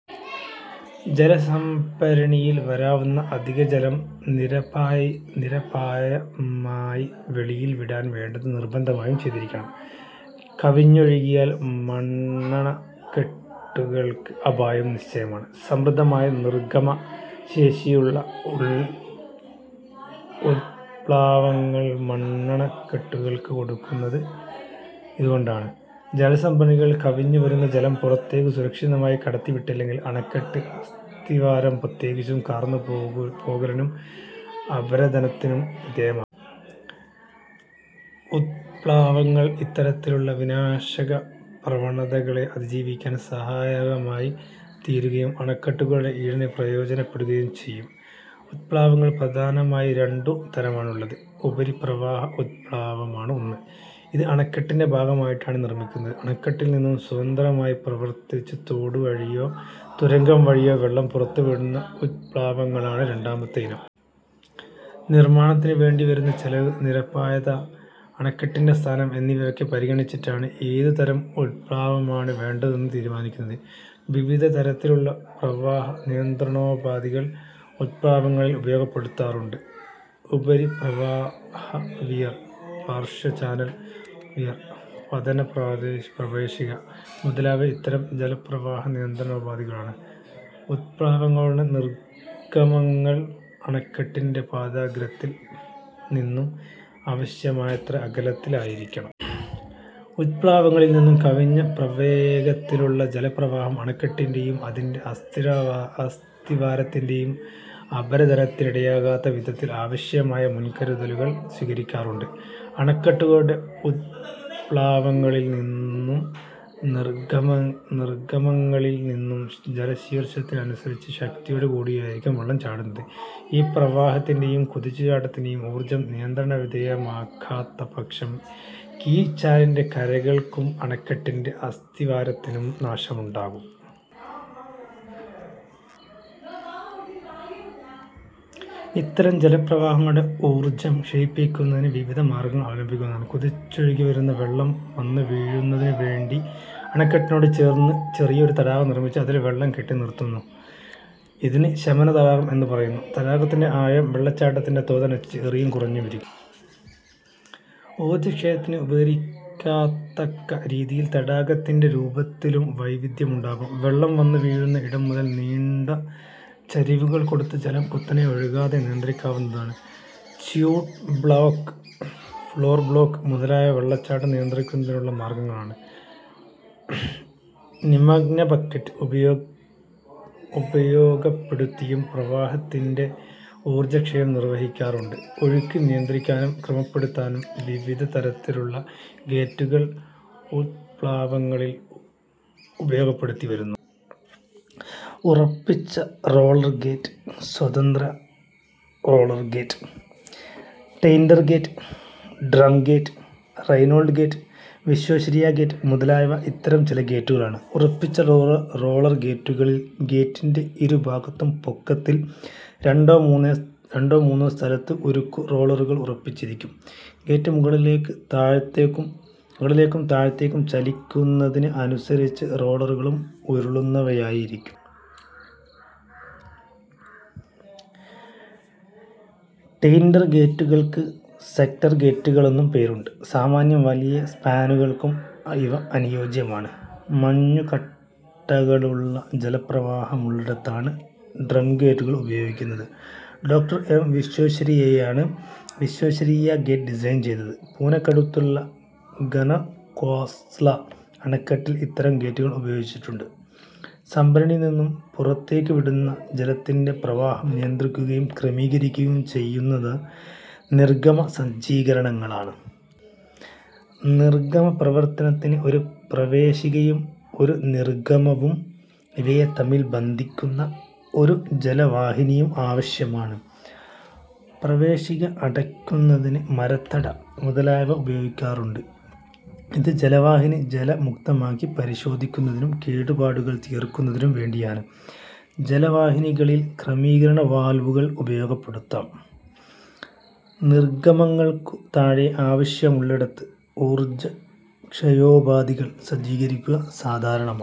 ജലസംഭരണിയിൽ വരാവുന്ന അധിക ജലം നിരപായമായി വെളിയിൽ വിടാൻ വേണ്ടത് നിർബന്ധമായും ചെയ്തിരിയ്ക്കണം. കവിഞ്ഞൊഴുകിയാൽ മണ്ണണക്കെട്ടുകൾക്ക് അപായം നിശ്ചയമാണ്. സമൃദ്ധമായ നിർഗ്ഗമ ശേഷിയുള്ള ഉത്പ്ളാവങ്ങൾ മണ്ണണക്കെട്ടുകൾക്കു കൊടുക്കുന്നത് ഇതുകൊണ്ടാണ്. ജലസംഭരണികളിൽ കവിഞ്ഞു വരുന്ന ജലം പുറത്തേക്കു സുരക്ഷിതമായി കടത്തി വിട്ടില്ലെങ്കിൽ അണക്കെട്ട്, അസ്ഥിവാരം പ്രത്യേകിച്ചും, കാർന്നു പോകലിനും അപരദനത്തിനും വിധേ ഉത്പ്ളാവങ്ങൾ ഇത്തരത്തിലുള്ള വിനാശക പ്രവണതകളെ അതിജീവിക്കാൻ സഹായകമായി തീരുകയും അണക്കെട്ടുകളുടെ ഈടിന് പ്രയോജനപ്പെടുകയും ചെയ്യും. ഉത്പ്ളാവങ്ങൾ പ്രധാനമായി രണ്ടു തരമാണുള്ളത്. ഉപരിപ്രവാഹ ഉത്പ്ളാവമാണ് ഒന്ന്. ഇത് അണക്കെട്ടിന്റെ ഭാഗമായിട്ടാണ് നിർമ്മിക്കുന്നത്. അണക്കെട്ടിൽനിന്നും സ്വതന്ത്രമായി പ്രവർത്തിച്ച് തോടു വഴിയോ തുരങ്കം വഴിയോ വെള്ളം പുറത്തു വിടുന്ന ഉത്പ്ളാവങ്ങളാണ് രണ്ടാമത്തെ ഇനം. നിർമ്മാണത്തിനു വേണ്ടിവരുന്ന ചിലവ്, നിരപായത, അണക്കെട്ടിന്റെ സ്ഥാനം എന്നിവയൊക്കെ പരിഗണിച്ചിട്ടാണ് ഏതു തരം ഉത്പ്ളാവമാണ് വേണ്ടതെന്ന് തീരുമാനിക്കുന്നത്. വിവിധ തരത്തിലുള്ള പ്രവാഹ നിയന്ത്രണോപാധികൾ ഉത്പ്ളാവങ്ങളിൽ ഉപയോഗപ്പെടുത്താറുണ്ട്. 'ഉപരിപ്രവാഹവിയർ', 'പാർശ്വ ചാനൽ വിയർ', 'പതന പ്രവേശിക' മുതലായവ ഇത്തരം ജലപ്രവാഹ നിയന്ത്രണോപാധികളാണ്. ഉത്പ്ളാവങ്ങളുടെ നിർഗ്ഗമങ്ങൾ അണക്കെട്ടിന്റെ പാദാഗ്രത്തിൽ നിന്നും ആവശ്യമായത്ര അകലത്തിൽ ആയിരിക്കണം. ഉത്പ്ളാവങ്ങളിൽ നിന്നും കവിഞ്ഞ പ്രവേഗത്തിലുള്ള ജല പ്രവാഹം അണക്കെട്ടിന്റെയും അതിന്റെ അസ്ഥിവാരത്തിന്റെയും അപരദനത്തിനിടയാകാത്ത വിധത്തിൽ ആവശ്യമായ മുൻകരുതലുകൾ സ്വീകരിക്കാറുണ്ട്. അണക്കെട്ടുകളുടെ ഉത്പ്ളാവങ്ങളിൽ നിന്നും നിർഗ്ഗമങ്ങളിൽ നിന്നും ജലശീർഷത്തിന് അനുസരിച്ച് ശക്തിയോടു കൂടിയായിരിക്കും വെള്ളം ചാടുന്നത്. ഈ പ്രവാഹത്തിന്റെയും, കുതിച്ചു ചാട്ടത്തിന്റെയും ഊർജ്ജം നിയന്ത്രണ വിധേയമാക്കാത്ത പക്ഷം കീഴ്ചാലിന്റെ കരകൾക്കും അണക്കെട്ടിന്റെ അസ്ഥിവാരത്തിനും നാശമുണ്ടാകും. ഇത്തരം ജലപ്രവാഹങ്ങളുടെ ഊർജ്ജം ക്ഷയിപ്പിക്കുന്നതിന് വിവിധ മാർഗ്ഗങ്ങൾ അവലംബിക്കാവുന്നതാണ്. കുതിച്ചൊഴുകി വരുന്ന വെള്ളം വന്നു വീഴുന്നതിനു വേണ്ടി അണക്കെട്ടിനോടു ചേർന്ന് ചെറിയ ഒരു തടാകം നിർമ്മിച്ച് അതിൽ വെള്ളം കെട്ടി നിർത്തുന്നു. ഇതിന് 'ശമന തടാകം' എന്നു പറയുന്നു. തടാകത്തിന്റെ ആഴം വെള്ളച്ചാട്ടത്തിന്റെ തോതനുസരിച്ച് ഏറിയും കുറഞ്ഞുമിരിക്കും. ഊർജക്ഷയത്തിന് ഉപകരിക്കാത്തക്ക രീതിയിൽ തടാകത്തിന്റെ രൂപത്തിലും വൈവിദ്ധ്യമുണ്ടാകും. വെള്ളം വന്നു വീഴുന്ന ഇടം മുതൽ നീണ്ട ചരിവുകൾ കൊടുത്ത് ജലം കുത്തനെ ഒഴുകാതെ നിയന്ത്രിക്കാവുന്നതാണ്. ച്യൂട്ട് ബ്ളോക്ക്, ഫ്ളോർ ബ്ളോക്ക് മുതലായവ വെള്ളച്ചാട്ടം നിയന്ത്രിക്കുന്നതിനുള്ള മാർഗ്ഗങ്ങളാണ്. 'നിമഗ്നബക്കറ്റ്' ഉപയോഗപ്പെടുത്തിയും പ്രവാഹത്തിന്റെ ഊർജ്ജ ക്ഷയം നിർവ്വഹിക്കാറുണ്ട്. ഒഴുക്ക് നിയന്ത്രിക്കാനും ക്രമപ്പെടുത്താനും വിവിധ തരത്തിലുള്ള ഗേറ്റുകൾ ഉത്പ്ളാവങ്ങളിൽ ഉപയോഗപ്പെടുത്തി വരുന്നു. ഉറപ്പിച്ച റോളർ ഗേറ്റ്, സ്വതന്ത്ര roller gate, Tainter gate, drum gate, Reynold gate, Visvesvaraya gate മുതലായവ ഇത്തരം ചില ഗേറ്റുകളാണ്. ഉറപ്പിച്ച റോളർ ഗേറ്റുകളിൽ ഗേറ്റിന്റെ ഇരു ഭാഗത്തും പൊക്കത്തിൽ രണ്ടോ മൂന്നോ സ്ഥലത്ത് ഉരുക്കു റോളറുകൾ ഉറപ്പിച്ചിരിക്കും. ഗേറ്റ് മുകളിലേക്കും താഴത്തേക്കും ചലിക്കുന്നതിന് അനുസരിച്ച് റോളറുകളും ഉരുളുന്നവയായിരിക്കും. ടെയിന്റർ ഗേറ്റുകൾക്ക് സെക്ടർ ഗേറ്റുകളെന്നും പേരുണ്ട്. സാമാന്യം വലിയ സ്പാനുകൾക്കും ഇവ അനുയോജ്യമാണ്. മഞ്ഞു കട്ടകളുള്ള ജലപ്രവാഹമുള്ളിടത്താണ് ഡ്രംഗേറ്റുകൾ ഉപയോഗിക്കുന്നത്. ഡോ. എം. വിശ്വേശ്വരിയ്യയാണ് വിശ്വേശ്വരയ്യ ഗേറ്റ് ഡിസൈൻ ചെയ്തത്. പൂനയ്ക്കടുത്തുള്ള ഖനക്വാസ്ല അണക്കെട്ടിൽ ഇത്തരം ഗേറ്റുകൾ ഉപയോഗിച്ചിട്ടുണ്ട്. സംഭരണിയിൽ നിന്നും പുറത്തേക്കു വിടുന്ന ജലത്തിന്റെ പ്രവാഹം നിയന്ത്രിക്കുകയും ക്രമീകരിക്കുകയും ചെയ്യുന്നത് നിർഗ്ഗമ സജ്ജീകരണങ്ങളാണ്. നിർഗ്ഗമ പ്രവർത്തനത്തിന് ഒരു പ്രവേശിക യും, ഒരു നിർഗ്ഗമ വും ഇവയെ തമ്മിൽ ബന്ധിക്കുന്ന ഒരു ജലവാഹിനിയും ആവശ്യമാണ്. പ്രവേശിക അടയ്ക്കുന്നതിന് 'മരത്തട' മുതലായവ ഉപയോഗിക്കാറുണ്ട്. ഇത് ജലവാഹിനി ജലമുക്തമാക്കി പരിശോധിക്കുന്നതിനും കേടുപാടുകൾ തീർക്കുന്നതിനും വേണ്ടിയാണ്. ജലവാഹിനികളിൽ ക്രമീകരണ വാൽവുകൾ ഉപയോഗപ്പെടുത്താം. നിർഗ്ഗമങ്ങൾക്കു താഴെ ആവശ്യമുള്ളിടത്ത് ഊർജ്ജക്ഷയോപാധികൾ സജ്ജീകരിക്കുക സാധാരണമാണ്.